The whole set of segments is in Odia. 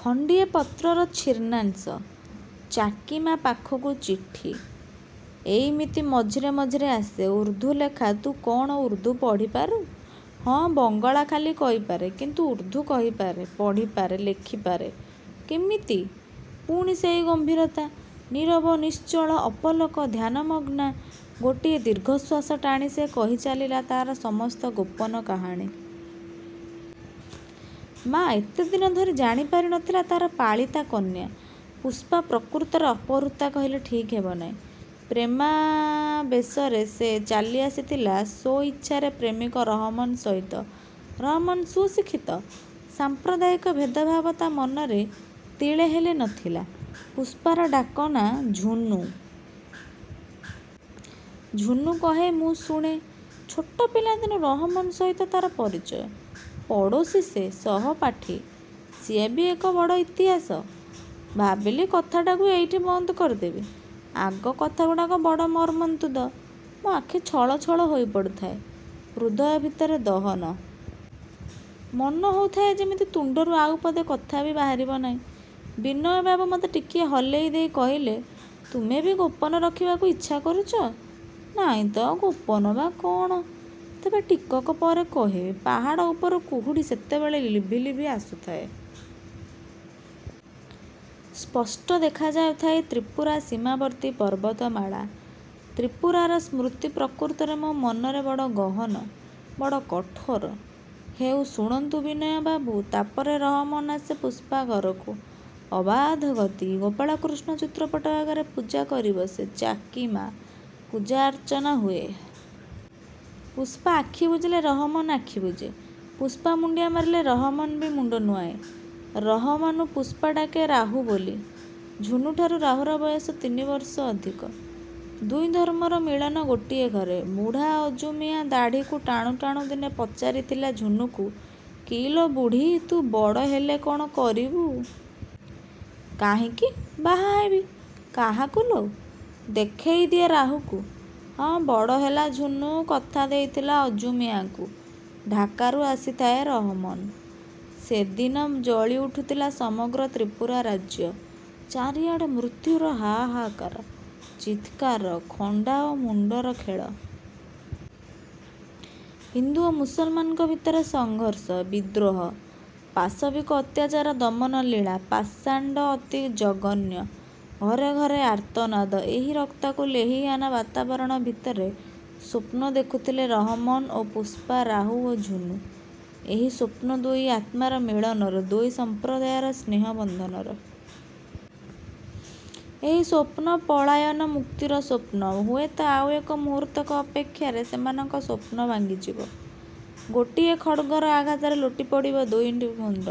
ଖଣ୍ଡିଏ ପତ୍ରର ଛିନ୍ନାଂଶ। ଚାକୀମା ପାଖକୁ ଚିଠି। ଏଇମିତି ମଝିରେ ମଝିରେ ଆସେ। ଉର୍ଦ୍ଦୁଲେଖା। –ତୁ କ'ଣ ଉର୍ଦ୍ଦୁ ପଢ଼ିପାରୁ? –ହଁ, ବଙ୍ଗଳା ଖାଲି କହିପାରେ; କିନ୍ତୁ ଉର୍ଦ୍ଦୁ କହିପାରେ, ପଢ଼ିପାରେ, ଲେଖିପାରେ। –କିମିତି! ପୁଣି ସେଇ ଗମ୍ଭୀରତା। ନୀରବ, ନିଶ୍ଚଳ, ଅପଲକ, ଧ୍ୟାନମଗ୍ନା। ଗୋଟାଏ ଦୀର୍ଘଶ୍ୱାସ ଟାଣି ସେ କହିଚାଲିଲା ତାର ସମସ୍ତ ଗୋପନ କାହାଣୀ। ମା' ଏତେଦିନ ଧରି ଜାଣିପାରି ନ ଥିଲା ତାର ପାଳିତା କନ୍ୟା। ପୁଷ୍ପା ପ୍ରକୃତରେ ଅପହୃତା କହିଲେ ଠିକ୍ ହେବନାହିଁ, ପ୍ରେମାବେଶରେ ସେ ଚାଲିଆସିଥିଲା ସ୍ୱଇଚ୍ଛାରେ ପ୍ରେମିକ ରହମନ୍ ସହିତ। ରହମନ୍ ସୁଶିକ୍ଷିତ। ସାମ୍ପ୍ରଦାୟିକ ଭେଦଭାବ ତା ମନରେ ତିଳେହେଲେ ନ ଥିଲା-। ପୁଷ୍ପାର ଡାକ ନାଁ ଝୁନୁ! ଝୁନୁ କହେ, ମୁଁ ଶୁଣେ–ଛୋଟ ପିଲାଦିନୁ ରହମନ୍ ସହିତ ତାର ପରିଚୟ। ପଡ଼ୋଶୀ ସେ। ସହପାଠୀ। ସିଏ ବି ଏକ ବଡ଼ ଇତିହାସ। ଭାବିଲି କଥାଟାକୁ ଏଇଠି ବନ୍ଦ କରିଦେବି। ଆଗ କଥାଗୁଡ଼ାକ ବଡ଼ ମର୍ମନ୍ତୁଦ। ମୋ ଆଖି ଛଳ ଛଳ ହୋଇପଡ଼ୁଥାଏ। ହୃଦୟ ଭିତରେ ଦହନ। ମନେ ହେଉଥାଏ ଯେମିତି ତୁଣ୍ଡରୁ ଆଉ ପଦେ କଥା ବି ବାହାରିବ ନାହିଁ। ବିନୟବାବୁ ମତେ ଟିକିଏ ହଲେଇ ଦେଇ କହିଲେ–''ତୁମେ ବି ଗୋପନ ରଖିବାକୁ ଇଚ୍ଛା କରୁଛ? '' –ନାଇଁ ତ, ଗୋପନ ବା କ'ଣ? ତେବେ ଟିକକ ପରେ କହିବି। ପାହାଡ଼ ଉପରୁ କୁହୁଡ଼ି ସେତେବେଳେ ଲିଭି ଲିଭି ଆସୁଥାଏ। ସ୍ପଷ୍ଟ ଦେଖାଯାଉଥାଏ ତ୍ରିପୁରା ସୀମାବର୍ତ୍ତୀ ପର୍ବତମାଳା। ତ୍ରି ପୁରାର ସ୍ମୃତି ପ୍ରକୃତରେ ମୋ ମନରେ ବଡ଼ ଗହନ, ବଡ଼ କଠୋର। –ହେଉ ଶୁଣନ୍ତୁ ବିନୟବାବୁ। ତାପରେ... ରହମନ ଆସେ ପୁଷ୍ପା ଘରକୁ। ଅବାଧ ଗତି-। ଗୋପାଳକୃଷ୍ଣ ଚିତ୍ରପଟ ଆଗରେ ପୂଜା କରିବସେ ଚାକୀମା। ପୂଜା ଅର୍ଚ୍ଚନା ହୁଏ। ପୁଷ୍ପା ଆଖି ବୁଜିଲେ ରହମନ୍ ଆଖି ବୁଜେ। ପୁଷ୍ପା ମୁଣ୍ଡିଆ ମାରିଲେ ରହମନ୍ ବି ମୁଣ୍ଡ ନୁଆଏଁ। ରହମାନ୍କୁ ପୁଷ୍ପା ଡାକେ ରାହୁ ବୋଲି। ଝୁନୁଠାରୁ ରାହୁର ବୟସ ତିନି ବର୍ଷ ଅଧିକ। ଦୁଇ ଧର୍ମର ମିଳନ ଗୋଟିଏ ଘରେ। ବୁଢ଼ା ଅଜୁ ମିଆଁ ଦାଢ଼ିକୁ ଟାଣୁ ଟାଣୁ ଦିନେ ପଚାରିଥିଲା ଝୁନୁକୁ–କି ଲୋ ବୁଢ଼ୀ, ତୁ ବଡ଼ ହେଲେ କ'ଣ କରିବୁ? –କାହିଁକି? ବାହା ହେବି। –କାହାକୁ ଲୋ? ଦେଖେଇ ଦିଏ ରାହୁକୁ। ହଁ, ବଡ଼ ହେଲା ଝୁନୁ। କଥା ଦେଇଥିଲା ଅଜୁ ମିଆଁକୁ। ଢାକାରୁ ଆସିଥାଏ ରହମନ୍। ସେଦିନ ଜଳି ଉଠୁଥିଲା ସମଗ୍ର ତ୍ରିପୁରା ରାଜ୍ୟ। ଚାରିଆଡ଼େ ମୃତ୍ୟୁର ହାହାକାର, ଚିତ୍କାର। ଖଣ୍ଡା ଓ ମୁଣ୍ଡର ଖେଳ। ହିନ୍ଦୁ ଓ ମୁସଲମାନଙ୍କ ଭିତରେ ସଘର୍ଷ, ବିଦ୍ରୋହ। ପାଶବିକ ଅତ୍ୟାଚାର ଦମନଲୀଳା। ପାଷାଣ୍ଡ, ଅତି ଜଘନ୍ୟ। ଘରେ ଘରେ ଆର୍ତ୍ତନାଦ। ଏହି ରକ୍ତାକ୍ତ ଲେଲିହାନ ବାତାବରଣ ଭିତରେ ସ୍ୱପ୍ନ ଦେଖୁଥିଲେ ରହମନ ଓ ପୁଷ୍ପା–ରାହୁ ଓ ଝୁନୁ। ଏହି ସ୍ୱପ୍ନ ଦୁଇ ଆତ୍ମାର ମିଳନର, ଦୁଇ ସମ୍ପ୍ରଦାୟର ସ୍ନେହବନ୍ଧନର। ଏହି ସ୍ୱପ୍ନ ପଳାୟନ, ମୁକ୍ତିର ସ୍ୱପ୍ନ। ହୁଏତ ଆଉ ଏକ ମୁହୂର୍ତ୍ତକ ଅପେକ୍ଷାରେ ସେମାନଙ୍କ ସ୍ୱପ୍ନ ଭାଙ୍ଗିଯିବ। ଗୋଟିଏ ଖଡ଼୍ଗର ଆଘାତରେ ଲୋଟିପଡ଼ିବ ଦୁଇଟି ମୁଣ୍ଡ।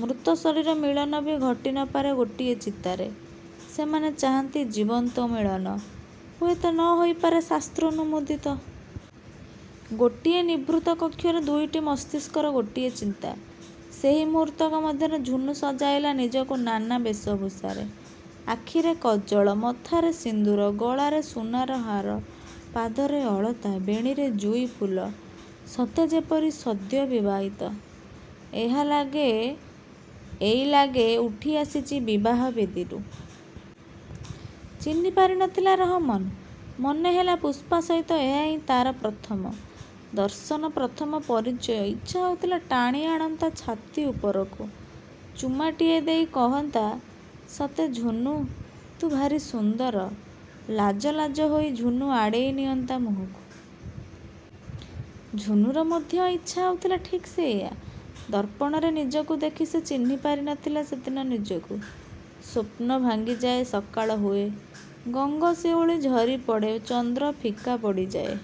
ମୃତ ଶରୀର ମିଳନ ବି ଘଟି ନ ପାରେ ଗୋଟିଏ ଚିତାରେ-। ସେମାନେ ଚାହାନ୍ତି ଜୀବନ୍ତମିଳନ। ହୁଏତ ନ ହୋଇପାରେ ଶାସ୍ତ୍ରନୁମୋଦିତ। ଗୋଟିଏ ନିଭୃତ କକ୍ଷରେ ଦୁଇଟି ମସ୍ତିଷ୍କର ଗୋଟିଏ ଚିନ୍ତା। ସେହି ମୁହୂର୍ତ୍ତକ ମଧ୍ୟରେ ଝୁନୁ ସଜାଇଲା ନିଜକୁ ନାନା ବେଶଭୂଷାରେ। ଆଖିରେ କଜ୍ଜଳ, ମଥାରେ ସିନ୍ଦୂର, ଗଳାରେ ସୁନାର ହାର, ପାଦରେ ଅଳତା, ବେଣୀରେ ଯୁଈ ଫୁଲ। ସତେ ଯେପରି ସଦ୍ୟ ବିବାହିତା। ଏଇଲାଗେ ଉଠିଆସିଛି ବିବାହ-ବେଦୀରୁ। ଚିହ୍ନି ପାରି ନ ଥିଲା ରହମନ୍। ମନେହେଲା ପୁଷ୍ପା ସହିତ ଏହା ହିଁ ତାର ପ୍ରଥମ। ଦର୍ଶନ, ପ୍ରଥମ ପରିଚୟ। ଇଚ୍ଛା ହେଉଥିଲା ଟାଣିଆଣନ୍ତା ଛାତି ଉପରକୁ। ଚୁମାଟିଏ ଦେଇ କହନ୍ତା–ସତେ ଝୁନୁ ତୁ ଭାରି ସୁନ୍ଦର। ଲାଜ ଲାଜ ହୋଇ ଝୁନୁ ଆଡ଼େଇ ନିଅନ୍ତା ମୁହଁକୁ। ଝୁନୁର ମଧ୍ୟ ଇଚ୍ଛା ହେଉଥିଲା ଠିକ୍ ସେଇଆ। ଦର୍ପଣରେ ନିଜକୁ ଦେଖି ସେ ଚିହ୍ନିପାରି ନ ଥିଲା ସେଦିନ ନିଜକୁ। ସ୍ୱପ୍ନ ଭାଙ୍ଗି ଯାଏ, ସକାଳ ହୁଏ। ଗଙ୍ଗଶିଉଳୀ ଝରି ପଡ଼େ, ଚନ୍ଦ୍ର ଫିକା ପଡ଼ିଯାଏ।